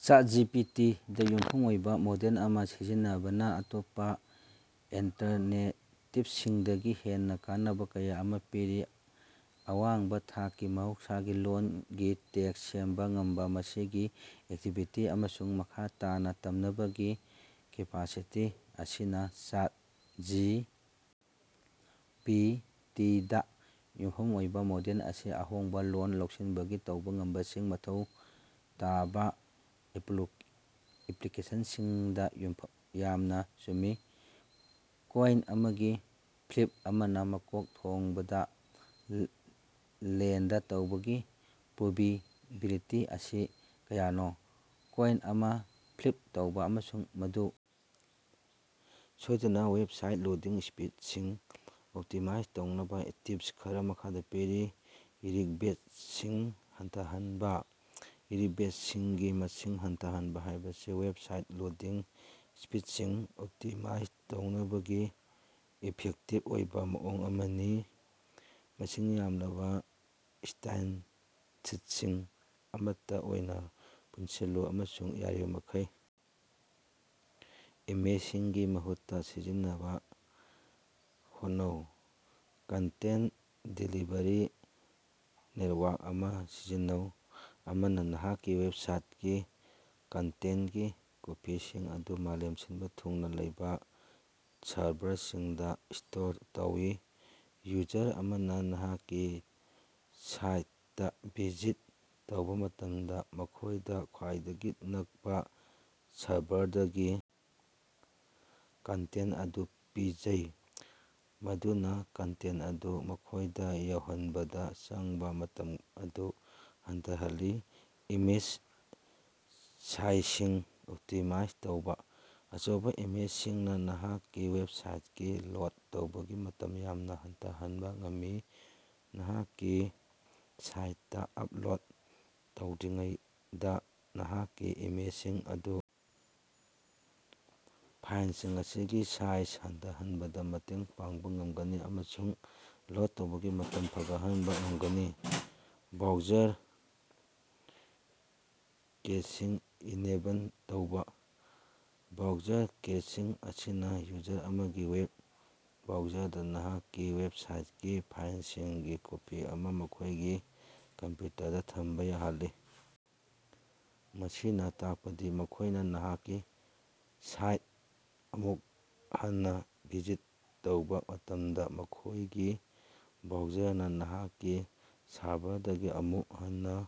ꯆꯥꯠ G P. T. ꯗ ꯌꯨꯝꯐꯝ ꯑꯣꯏꯕ ꯃꯣꯗꯦꯜ ꯑꯃ ꯁꯤꯖꯤꯟꯅꯕꯅ ꯑꯇꯣꯞꯄ ꯑꯜꯇꯔꯅꯦꯇꯤꯚꯁꯤꯡꯗꯒꯤ ꯍꯦꯟꯅ ꯀꯥꯟꯅꯕ ꯀꯌꯥ ꯑꯃ ꯄꯤꯔꯤ꯫ ꯑꯋꯥꯡꯕ ꯊꯥꯛꯀꯤ ꯃꯍꯧꯁꯥꯒꯤ ꯂꯣꯜꯒꯤ ꯇꯦꯛꯁ ꯁꯦꯝꯕ ꯉꯝꯕ, ꯃꯁꯤꯒꯤ ꯑꯦꯛꯇꯤꯕꯤꯇꯤ, ꯑꯃꯁꯨꯡ ꯃꯈꯥ ꯇꯥꯅ ꯇꯝꯅꯕꯒꯤ ꯀꯦꯄꯥꯁꯤꯇꯤ ꯑꯁꯤꯅ ꯆꯥꯠ ꯖꯤ. ꯄꯤ. ꯇꯤ. ꯗ ꯌꯨꯝꯐꯝ ꯑꯣꯏꯕ ꯃꯣꯗꯦꯜ ꯑꯁꯤ ꯑꯍꯣꯡꯕ ꯂꯣꯜ ꯂꯧꯁꯤꯟꯕꯒꯤ ꯇꯧꯕ ꯉꯝꯕꯁꯤꯡ ꯃꯊꯧ ꯇꯥꯕꯥꯑꯦꯄ꯭ꯂꯤꯀꯦꯁꯟꯁꯤꯡꯗ ꯌꯥꯝꯅ ꯆꯨꯝꯃꯤ꯫ ꯀꯣꯏꯟ ꯑꯃꯒꯤ ꯐ꯭ꯂꯤꯞ ꯑꯃꯅ ꯃꯀꯣꯛ ꯊꯣꯡꯕꯗ ꯂꯦꯟꯗ ꯇꯧꯕꯒꯤ ꯄ꯭ꯔꯣꯕꯤꯕꯤꯂꯤꯇꯤ ꯑꯁꯤ ꯀꯌꯥꯅꯣ? ꯀꯣꯏꯟ ꯑꯃ ꯐ꯭ꯂꯤꯞ ꯇꯧꯕ ꯑꯃꯁꯨꯡ ꯃꯗꯨ ꯁꯣꯏꯗꯅ, ꯋꯦꯕꯁꯥꯏꯠ ꯂꯣꯗꯤꯡ ꯁ꯭ꯄꯤꯗꯁꯤꯡ ꯑꯣꯞꯇꯤꯃꯥꯏꯖ ꯇꯧꯅꯕ ꯇꯤꯞꯁ ꯈꯔꯥ ꯃꯈꯥꯗ ꯄꯤꯔꯤ: ꯔꯤꯛꯕ꯭ꯦꯁꯠꯁꯤꯡ ꯍꯟꯊꯍꯟꯕ: ꯔꯤꯛꯕ꯭ꯦꯁꯠꯁꯤꯡꯒꯤ ꯃꯁꯤꯡ ꯍꯟꯊꯍꯟꯕ ꯍꯥꯏꯕꯁꯤ ꯋꯦꯕꯁꯥꯏꯠ ꯂꯣꯗꯤꯡ ꯁ꯭ꯄꯤꯗꯁꯤꯡ ꯑꯣꯞꯇꯤꯃꯥꯏꯖ ꯇꯧꯅꯕꯒꯤ ꯏꯐꯦꯛꯇꯤꯚ ꯑꯣꯏꯕ ꯃꯑꯣꯡ ꯑꯃꯅꯤ꯫ ꯃꯁꯤꯡ ꯌꯥꯝꯂꯕ ꯁ꯭ꯇꯥꯏꯜꯁꯤꯠꯁꯤꯡ ꯑꯃꯠꯇ ꯑꯣꯏꯅ ꯄꯨꯟꯁꯤꯜꯂꯨ ꯑꯃꯁꯨꯡ ꯌꯥꯔꯤꯕꯃꯈꯩ ꯏꯃꯦꯖꯁꯤꯡꯒꯤ ꯃꯍꯨꯠꯇ ꯁꯤꯖꯤꯟꯅꯅꯕ ꯍꯣꯠꯅꯧ꯫ ꯀꯟꯇꯦꯟꯠ ꯗꯦꯂꯤꯚꯔꯤ ꯅꯦꯠꯋꯥꯔꯛ ꯑꯃ ꯁꯤꯖꯤꯟꯅꯧ: ꯑꯃꯅ ꯅꯍꯥꯛꯀꯤ ꯋꯦꯕꯁꯥꯏꯠꯀꯤ ꯀꯟꯇꯦꯟꯠꯀꯤ ꯀꯣꯄꯤꯁꯤꯡ ꯑꯗꯨ ꯃꯥꯂꯦꯝ ꯁꯤꯟꯕ ꯊꯨꯡꯅ ꯂꯩꯕ ꯁꯔꯚꯔꯁꯤꯡꯗ ꯁ꯭ꯇꯣꯔ ꯇꯧꯏ꯫ ꯌꯨꯖꯔ ꯑꯃꯅ ꯅꯍꯥꯛꯀꯤ ꯁꯥꯏꯠꯇ ꯚꯤꯖꯤꯠ ꯇꯧꯕꯥ ꯃꯇꯝꯗ, ꯃꯈꯣꯏꯗ ꯈ꯭ꯋꯥꯏꯗꯒꯤ ꯅꯛꯄ ꯁꯔꯚꯔꯗꯒꯤ ꯀꯟꯇꯦꯟꯠ ꯑꯗꯨ ꯄꯤꯖꯩ, ꯃꯗꯨꯅ ꯀꯟꯇꯦꯟꯠ ꯑꯗꯨ ꯃꯈꯣꯏꯗ ꯌꯧꯍꯟꯕꯗ ꯆꯪꯕ ꯃꯇꯝ ꯑꯗꯨ ꯍꯟꯊꯍꯜꯂꯤ꯫ ꯏꯃꯦꯖ ꯁꯥꯏꯖꯁꯤꯡ ꯑꯣꯞꯇꯤꯃꯥꯏꯖ ꯇꯧꯕꯥ: ꯑꯆꯧꯕ ꯏꯃꯦꯖꯁꯤꯡꯅ ꯅꯍꯥꯛꯀꯤ ꯋꯦꯕꯁꯥꯏꯠꯀꯤ ꯂꯣꯗ ꯇꯧꯕꯒꯤ ꯃꯇꯝ ꯌꯥꯝꯅ ꯍꯟꯊꯍꯟꯕ ꯉꯝꯃꯤ꯫ ꯅꯍꯥꯛꯀꯤ ꯁꯥꯏꯠꯇ ꯑꯞꯂꯣꯗ ꯇꯧꯗ꯭ꯔꯤꯉꯩꯗ ꯅꯍꯥꯛꯀꯤ ꯏꯃꯦꯖꯁꯤꯡ ꯑꯗꯨ ꯐꯥꯏꯜꯁꯤꯡ ꯑꯁꯤꯒꯤ ꯁꯥꯏꯖ ꯍꯟꯊꯍꯟꯕꯗ ꯃꯇꯦꯡ ꯄꯥꯡꯕ ꯉꯝꯒꯅꯤ ꯑꯃꯁꯨꯡ ꯂꯣꯗ ꯇꯧꯕꯒꯤ ꯃꯇꯝ ꯐꯒꯠꯍꯟꯕ ꯉꯝꯒꯅꯤ꯫ ꯕ꯭ꯔꯥꯎꯖꯔ ꯀꯦꯁꯤꯡ ꯏꯅꯦꯕꯜ ꯇꯧꯕꯥ: ꯕ꯭ꯔꯥꯎꯖꯔ ꯀꯦꯁꯤꯡ ꯑꯁꯤꯅ ꯌꯨꯖꯔ ꯑꯃꯒꯤ ꯋꯦꯕ ꯕ꯭ꯔꯥꯎꯖꯔꯗ ꯅꯍꯥꯛꯀꯤ ꯋꯦꯕꯁꯥꯏꯠꯀꯤ ꯐꯥꯏꯜꯁꯤꯡꯒꯤ ꯀꯣꯄꯤ ꯑꯃ ꯃꯈꯣꯏꯒꯤ ꯀꯝꯄ꯭ꯌꯨꯇꯔꯗ ꯊꯝꯕ ꯌꯥꯍꯜꯂꯤ꯫ ꯃꯁꯤꯅ ꯇꯥꯛꯄꯗꯤ ꯃꯈꯣꯏꯅ ꯅꯍꯥꯛꯀꯤ ꯁꯥꯏꯠꯇ ꯑꯃꯨꯛ ꯍꯟꯅ ꯚꯤꯖꯤꯠ ꯇꯧꯕꯥ ꯃꯇꯝꯗ, ꯃꯈꯣꯏꯒꯤ ꯕ꯭ꯔꯥꯎꯖꯔꯅ ꯅꯍꯥꯛꯀꯤ ꯁꯔꯚꯔꯗꯒꯤ ꯑꯃꯨꯛ ꯍꯟꯅ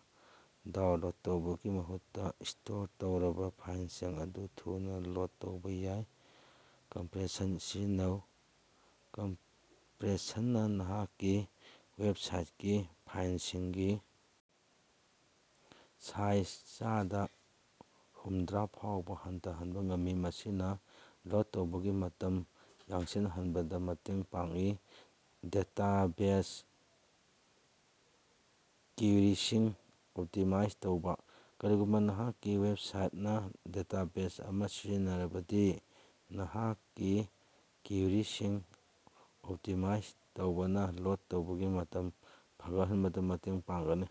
ꯗꯥꯎꯟꯂꯣꯗ ꯇꯧꯕꯒꯤ ꯃꯍꯨꯠꯇ ꯁ꯭ꯇꯣꯔ ꯇꯧꯔꯕ ꯐꯥꯏꯜꯁꯤꯡ ꯑꯗꯨ ꯊꯨꯅ ꯂꯣꯗ ꯇꯧꯕꯥ ꯌꯥꯏ꯫ ꯀꯝꯄ꯭ꯔꯦꯁꯟ ꯁꯤꯖꯤꯟꯅꯧ: ꯀꯝꯄ꯭ꯔꯦꯁꯟꯅ ꯅꯍꯥꯛꯀꯤ ꯋꯦꯕꯁꯥꯏꯠꯀꯤ ꯐꯥꯏꯜꯁꯤꯡꯒꯤ ꯁꯥꯏꯖ ꯆꯥꯗ ꯍꯨꯝꯗꯔꯥ ꯐꯥꯎꯕ ꯍꯟꯊꯍꯟꯕ ꯉꯝꯃꯤ, ꯃꯁꯤꯅ ꯂꯣꯗ ꯇꯧꯕꯒꯤ ꯃꯇꯝ ꯌꯥꯡꯁꯤꯟꯍꯟꯕꯗ ꯃꯇꯦꯡ ꯄꯥꯡꯏ꯫ ꯗꯦꯇꯥꯕꯦꯖ ꯀ꯭ꯋꯦꯔꯤꯁꯤꯡ ꯑꯣꯞꯇꯤꯃꯥꯏꯖ ꯇꯧꯕꯥ: ꯀꯔꯤꯒꯨꯝꯕ ꯅꯍꯥꯛꯀꯤ ꯋꯦꯕꯁꯥꯏꯠꯅ ꯗꯦꯇꯥꯕꯦꯖ ꯑꯃ ꯁꯤꯖꯤꯟꯅꯔꯕꯗꯤ, ꯅꯍꯥꯛꯀꯤ ꯀ꯭ꯋꯦꯔꯤꯁꯤꯡ ꯑꯣꯞꯇꯤꯃꯥꯏꯖ ꯇꯧꯕꯅ ꯂꯣꯗ ꯇꯧꯕꯒꯤ ꯃꯇꯝ ꯐꯒꯠꯍꯟꯕꯗ ꯃꯇꯦꯡ ꯄꯥꯡꯒꯅꯤ꯫